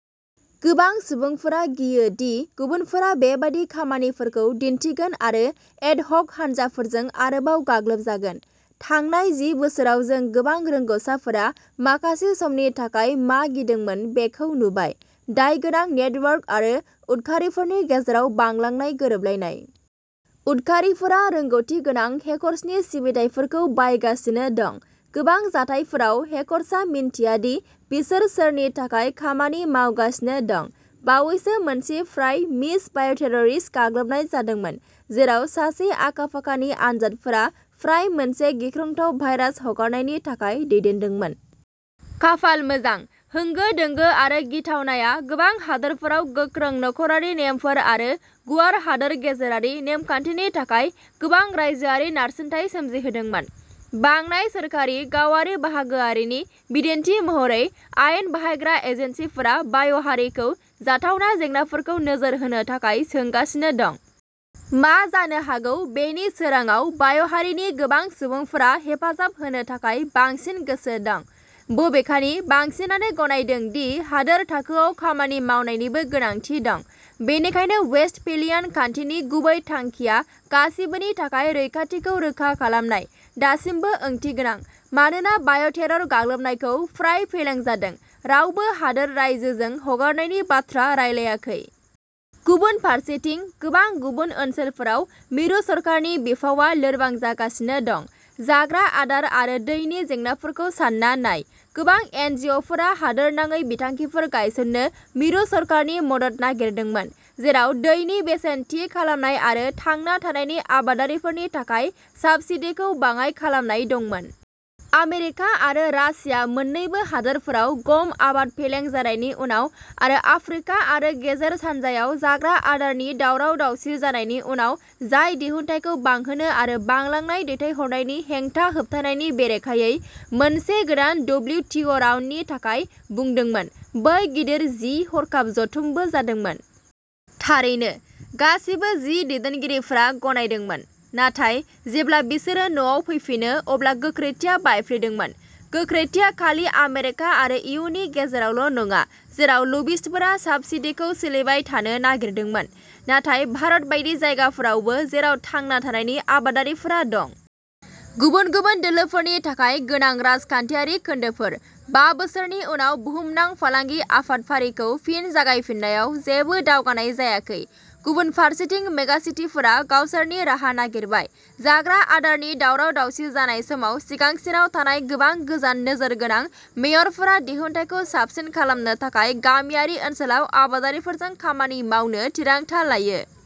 गोबां सुबुंफोरा गियो दि गुबुनफोरा बेबादि खामानिफोरखौ दिन्थिगोन आरो एडहक हानजाफोरजों आरोबाव गाग्लोबजागोन। थांनाय जि बोसोराव जों गोबां रोंग'साफोरा माखासे समनि थाखाय मा गिदोंमोन बेखौ नुबायः दायगोनां नेटवर्क आरो उदखारिफोरनि गेजेराव बांलांनाय गोरोबलायनाय। उदखारिफोरा रोंग'थिगोनां हेकर्सनि सिबिथायफोरखौ बायगासिनो दं। गोबां जाथायफोराव, हेकर्सआ मिन्थिया दि बिसोर सोरनि थाखाय खामानि मावगासिनो दं। बावैसो मोनसे फ्राय-मिस बाय'टेररिस्ट गाग्लोबनाय जादोंमोन, जेराव सासे आखा-फाखानि आनजादफोरा फ्राय मोनसे गिख्रंथाव भाइरास हगारनायनि थाखाय दैदेनदोंमोन। खाफाल मोजां, होंगो दोंगो आरो गिथावनाया गोबां हादोरफोराव गोख्रों नखरारि नेमफोर आरो गुवार हादोर गेजेरारि नेमखान्थिनि थाखाय गोबां रायजोआरि नारसिनथाय सोमजिहोदोंमोन। बांनाय सोरखारि-गावारि बाहागोआरिनि बिदिन्थि महरै, आयेन बाहायग्रा एजेन्सिफोरा बाय'हारिखौ जाथावना जेंनाफोरखौ नोजोर होनो थाखाय सोंगासिनो दं। मा जानो हागौ बेनि सोरांाव, बाय'हारिनि गोबां सुबुंफोरा हेफाजाब होनो थाखाय बांसिन गोसो दं। बबेखानि, बांसिनानो गनायदों दि हादोर थाखोआव खामानि मावनायनिबो गोनांथि दं। बेनिखायनो, वेस्टफेलियान खान्थिनि गुबै थांखिया-गासिबोनि थाखाय रैखाथिखौ रोखा खालामनाय दासिमबो ओंथिगोनां; मानोना बाय'टेरर गाग्लोबनायखौ फ्राय फेलें जादों, रावबो हादोर-रायजोजों हगारनायनि बाथ्रा रायलायाखै। गुबुन फारसेथिं, गोबां गुबुन ओनसोलफोराव, मिरु सरकारनि बिफावआ लोरबां जागासिनो दं। जाग्रा आदार आरो दैनि जेंनाफोरखौ सान्ना नाय। गोबां एनजिअ'फोरा हादोरनाङै बिथांखिफोर गायसननो मिरु सरकारनि मदद नागिरदोंमोन, जेराव दैनि बेसेन थि खालामनाय आरो थांना थानायनि आबादारिफोरनि थाखाय साब्सिडीखौ बाङाइ खालामनाय दंमोन। आमेरिका आरो रासिया मोन्नैबो हादोरफोराव गम आबाद फेलें जानायनि उनाव आरो आफ्रिका आरो गेजेर सानजायाव जाग्रा आदारनि दावराव-दावसि जानायनि उनाव-जाय दिहुनथायखौ बांहोनो आरो बांलांनाय दैथायहरनायनि हेंथा होबथानायनि बेरेखायै मोनसे गोदान डब्लिउटिअ'राउन्डनि थाखाय बुंदोंमोन-बै गिदिर जि- हरखाब जथुमबो जादोंमोन। थारैनो, गासैबो जि- दैदेनगिरिफोरा गनायदोंमोन, नाथाय जेब्ला बिसोरो न'आव फैफिनो, अब्ला गोख्रैथिया बायफ्लेदोंमोन। गोख्रैथिया खालि आमेरिका आरो इयुनि गेजेरावल'नङा, जेराव लबिस्टफोरा साब्सिडीखौ सोलिबाय थानो नागिरदोंमोन, नाथाय भारत बायदि जायगाफोरावबो जेराव थांना थानायनि आबादारिफोरा दं। गुबुन गुबुन दोलोफोरनि थाखाय गोनां राजखान्थियारि खोन्दोफोर। बा बोसोरनि उनाव बुहुमनां फालांगि आफाद फारिखौ फिन जागायफिन्नायाव जेबो दावगानाय जायाखै। गुबुन फारसेथिं, मेगासिटिफोरा गावसोरनि राहा नागिरबाय। जाग्रा आदारनि दावराव-दावसि जानाय समाव सिगांसिनाव थानाय गोबां गोजान नोजोर गोनां मेयरफोरा दिहुनथायखौ साबसिन खालामनो थाखाय गामियारि ओनसोलाव आबादारिफोरजों खामानि मावनो थिरांथा लायो।